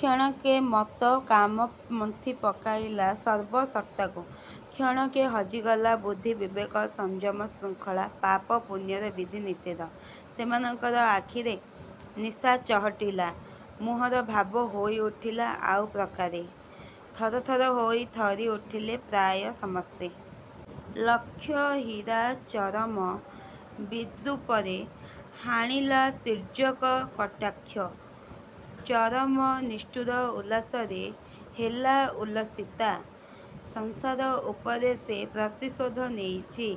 କ୍ଷଣକେ ମତ୍ତ କାମ ମନ୍ଥି ପକାଇଲା ସର୍ବ ସତ୍ତାକୁ। କ୍ଷଣକେ ହଜିଗଲା ବୁଦ୍ଧି ବିବେକ ସଂଯମ ଶୃଙ୍ଖଳା, ପାପ ପୁଣ୍ୟର ବିଧି ନିଷେଧ। ସେମାନଙ୍କର ଆଖିରେ ନିଶାଚହଟିଲା। ମୁହଁର ଭାବ ହୋଇ ଉଠିଲା ଆଉ ପ୍ରକାରେ। ଥର ଥର ହୋଇ ଥରି ଉଠିଲେ ପ୍ରାୟ ସମସ୍ତେ। ଲକ୍ଷହୀରା ଚରମ ବିଦୃପରେ ହାଣିଲା ତିର୍ଯ୍ୟକ କଟାକ୍ଷ। ଚରମ ନିଷ୍ଠୁର ଉଲ୍ଲାସରେ ହେଲା ଉଲ୍ଲସିତା। ସଂସାର ଉପରେ ସେ ପ୍ରତିଶୋଧ ନେଇଛି।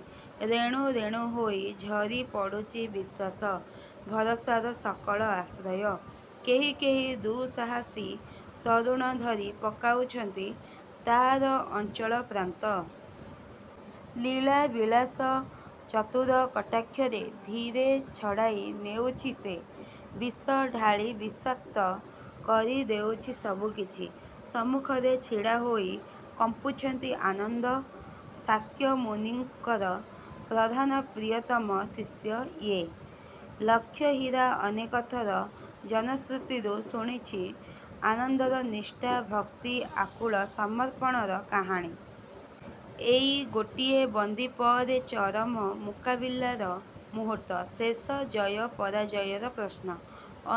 ରେଣୁ ରେଣୁ ହୋଇ ଝରି ପଡ଼ୁଚି ବିଶ୍ୱାସ ଭରସାର ସକଳ ଆଶ୍ରୟ। କେହି କେହି ଦୁଃସାହସୀ ତରୁଣ ଧରି ପକାଉଛନ୍ତି ତା'ର ଅଞ୍ଚଳ ପ୍ରାନ୍ତ। ଲୀଳା ବିଳାସ ଚତୁର କଟାକ୍ଷରେ ଧୀରେ ଛଡ଼ାଇ ନେଉଛି ସେ। ବିଷ ଢାଳି ବିଷାକ୍ତ କରି ଦେଉଛି ସବୁକିଛି। ସମ୍ମୁଖରେ ଛିଡ଼ା ହୋଇ କମ୍ପୁଛନ୍ତି ଆନନ୍ଦ– ଶାକ୍ୟ ମୁନିଙ୍କର ପ୍ରଧାନ ପ୍ରିୟତମ ଶିଶ୍ୟ ୟେ। ଲକ୍ଷହୀରା ଅନେକଥର ଜନଶ୍ରୁତିରୁ ଶୁଣିଚି ଆନନ୍ଦଙ୍କର ନିଷ୍ଠା, ଭକ୍ତି ଆକୁଳ ସମର୍ପଣର କାହାଣୀ। ଏଇ ଗୋଟିଏ ବନ୍ଦୀ ପରେ ଚରମ ମୁକାବିଲାର ମୁହୂର୍ତ୍ତ। ଶେଷ ଜୟ ପରାଜୟର ପ୍ରଶ୍ନ-।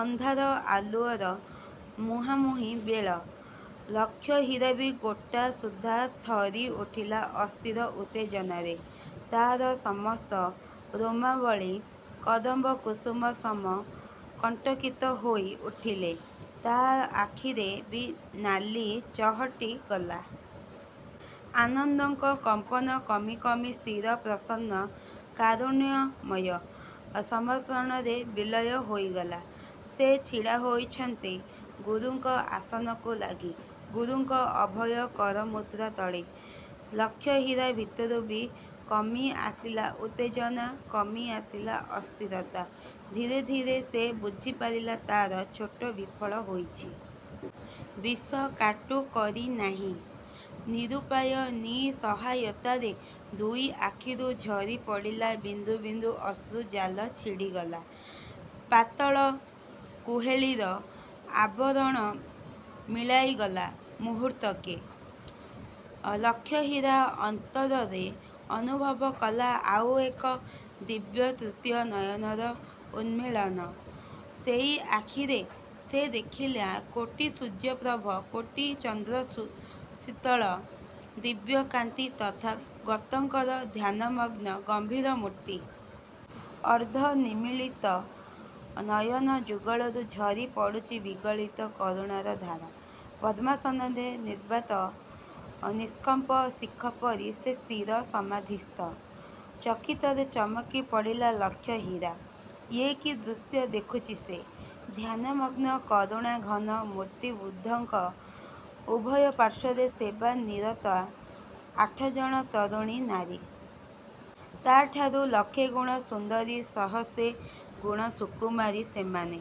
ଅନ୍ଧାର ଆଲୁଅର ମୁହାଁମୁହିଁ ବେଳ। ଲକ୍ଷହୀରା ବି ଗୋଟା ସୁଦ୍ଧା ଥରି ଉଠିଲା ଅସ୍ଥିର ଉତ୍ତେଜନାରେ। ତା'ର ସମସ୍ତ ରୋମାବଳୀ କଦମ୍ବ କୁସୁମ ସମ କଣ୍ଟକିତ ହୋଇ ଉଠିଲେ। ତା' ଆଖିରେ ବି ନାଲି ଚହଟି ଗଲା। ଆନନ୍ଦଙ୍କ କମ୍ପନ କମି କମି ସ୍ଥିର ପ୍ରସନ୍ନ କାରୁଣ୍ୟମୟ ସମର୍ପଣରେ ବିଲୟ ହୋଇଗଲା-। ସେ ଛିଡ଼ା ହୋଇଛନ୍ତି ଗୁରୁଙ୍କ ଆସନକୁ ଲାଗି, ଗୁରୁଙ୍କ ଅଭୟ କରମୁଦ୍ରା ତଳେ। ଲକ୍ଷହୀରା ଭିତରୁ ବି କମି ଆସିଲା ଉତ୍ତେଜନା କମି ଆସିଲା ଅସ୍ଥିରତା। ଧୀରେ ଧୀରେ ସେ ବୁଝିପାରିଲା ତା'ର ଚୋଟ ବିଫଳ ହୋଇଚି। ବିଷ କାଟୁ କରି ନାହିଁ। ନିରୂପାୟ ନିଃସହାୟତାରେ ଦୁଇ ଆଖିରୁ ଝରି ପଡ଼ିଲା ବିନ୍ଦୁ ବିନ୍ଦୁ ଅଶ୍ରୁ ଜାଲ ଛିଡ଼ିଗଲା... ପାତଳ କୁହେଳିର ଆବରଣ ମିଳାଇଗଲା ମୁହୂର୍ତ୍ତକେ। ଲକ୍ଷହୀରା ଅନ୍ତରରେ ଅନୁଭବ କଲା ଆଉ ଏକ ଦିବ୍ୟ ତୃତୀୟ ନୟନର ଉନ୍ମେଳନ। ସେଇ ଆଖିରେ ସେ ଦେଖିଲା କୋଟି ସୂର୍ଯ୍ୟପ୍ରଭ କୋଟି ଚନ୍ଦ୍ରସୁଶୀତଳ ଦିବ୍ୟ କାନ୍ତି–ତଥାଗତଙ୍କର ଧ୍ୟାନ ମଗ୍ନ ଗମ୍ଭୀର ମୂର୍ତ୍ତି। ଅର୍ଦ୍ଧ ନିମୀଳିତ ନୟନ ଯୁଗଳରୁ ଝରି ପଡ଼ୁଚି ବିଗଳିତ କରୁଣାର ଧାରା। ପଦ୍ମାସନରେ ନିର୍ବାତ ନିଷ୍କମ୍ପ ଶିଖ ପରି ସେ ସ୍ଥିର ସମାଧିସ୍ଥ। ଚକିତରେ ଚମକି ପଡ଼ିଲା ଲକ୍ଷହୀରା। ୟେ କି ଦୃଶ୍ୟ ଦେଖୁଚି ସେ! ଧ୍ୟାନମଗ୍ନ କରୁଣାଘନ–ମୂର୍ତ୍ତି ବୁଦ୍ଧଙ୍କ ଉଭୟ ପାର୍ଶ୍ୱରେ ସେବା-ନିରତା ଆଠଜଣ ତରୁଣୀ ନାରୀ। ତା'ଠାରୁ ଲକ୍ଷେଗୁଣ ସୁନ୍ଦରୀ ସହସ୍ରେ ଗୁଣ ସୁକୁମାରୀ ସେମାନେ।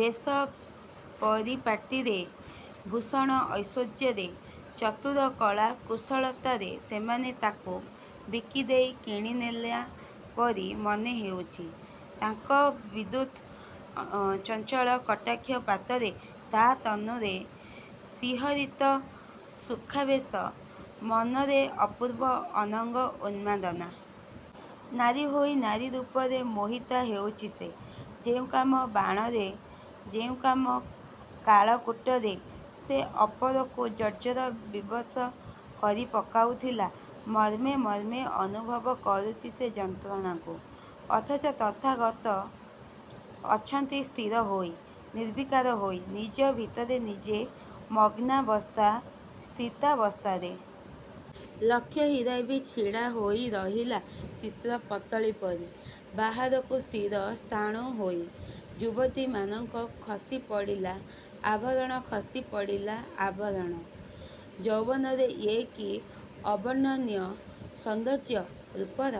ବେଶ ପରିପାଟିରେ, ଭୂଷଣ ଐଶ୍ୱର୍ଯ୍ୟରେ, ଚତୁର କଳା କୁଶଳତାରେ ସେମାନେ ତାକୁ ବିକିଦେଇ କିଣିନେଲା ପରି ମନେ ହେଉଚି। ତାଙ୍କ ବିଦ୍ୟୁତ ଚଞ୍ଚଳ କଟାକ୍ଷ ପାତରେ, ତା' ତନୁରେ ଶିହରୀତ ସୁଖାବେଶ, ମନରେ ଅପୂର୍ବ ଅନଙ୍ଗ ଉନ୍ମାଦନା। ନାରୀ ହୋଇ ନାରୀ ରୂପରେ ମୋହିତା ହେଉଛି ସେ। ଯେଉଁ କାମ ବାଣରେ, ଯେଉଁ କାମ କାଳକୂଟରେ ସେ ଅପରକୁ ଜର୍ଜର ବିବସ କରି ପକାଉଥିଲା ମର୍ମେ ମର୍ମେ ଅନୁଭବ କରୁଚି ସେ ଯନ୍ତ୍ରଣାକୁ। ଅଥଚ ତଥାଗତ ଅଛନ୍ତି ସ୍ଥିର ହୋଇ, ନିର୍ବିକାର ହୋଇ, ନିଜ ଭିତରେ ନିଜେ ମଗ୍ନାବସ୍ଥା ସ୍ଥିତାବସ୍ଥାରେ। ଲକ୍ଷହୀରା ବି ଛିଡ଼ା ହୋଇ ରହିଲା ଚିତ୍ର-ପତ୍ତଳୀପରି ବାହାରକୁ ସ୍ଥିର ସ୍ଥାଣୁ ହୋଇ। ଯୁବତୀମାନଙ୍କ ଖସି ପଡ଼ିଲା ଆଭରଣ ଖସି ପଡ଼ିଲା ଆବରଣ। ଯୌବନର ୟେ କି ଅବର୍ଣ୍ଣନୀୟ ସୌନ୍ଦର୍ଯ୍ୟ? ରୂପର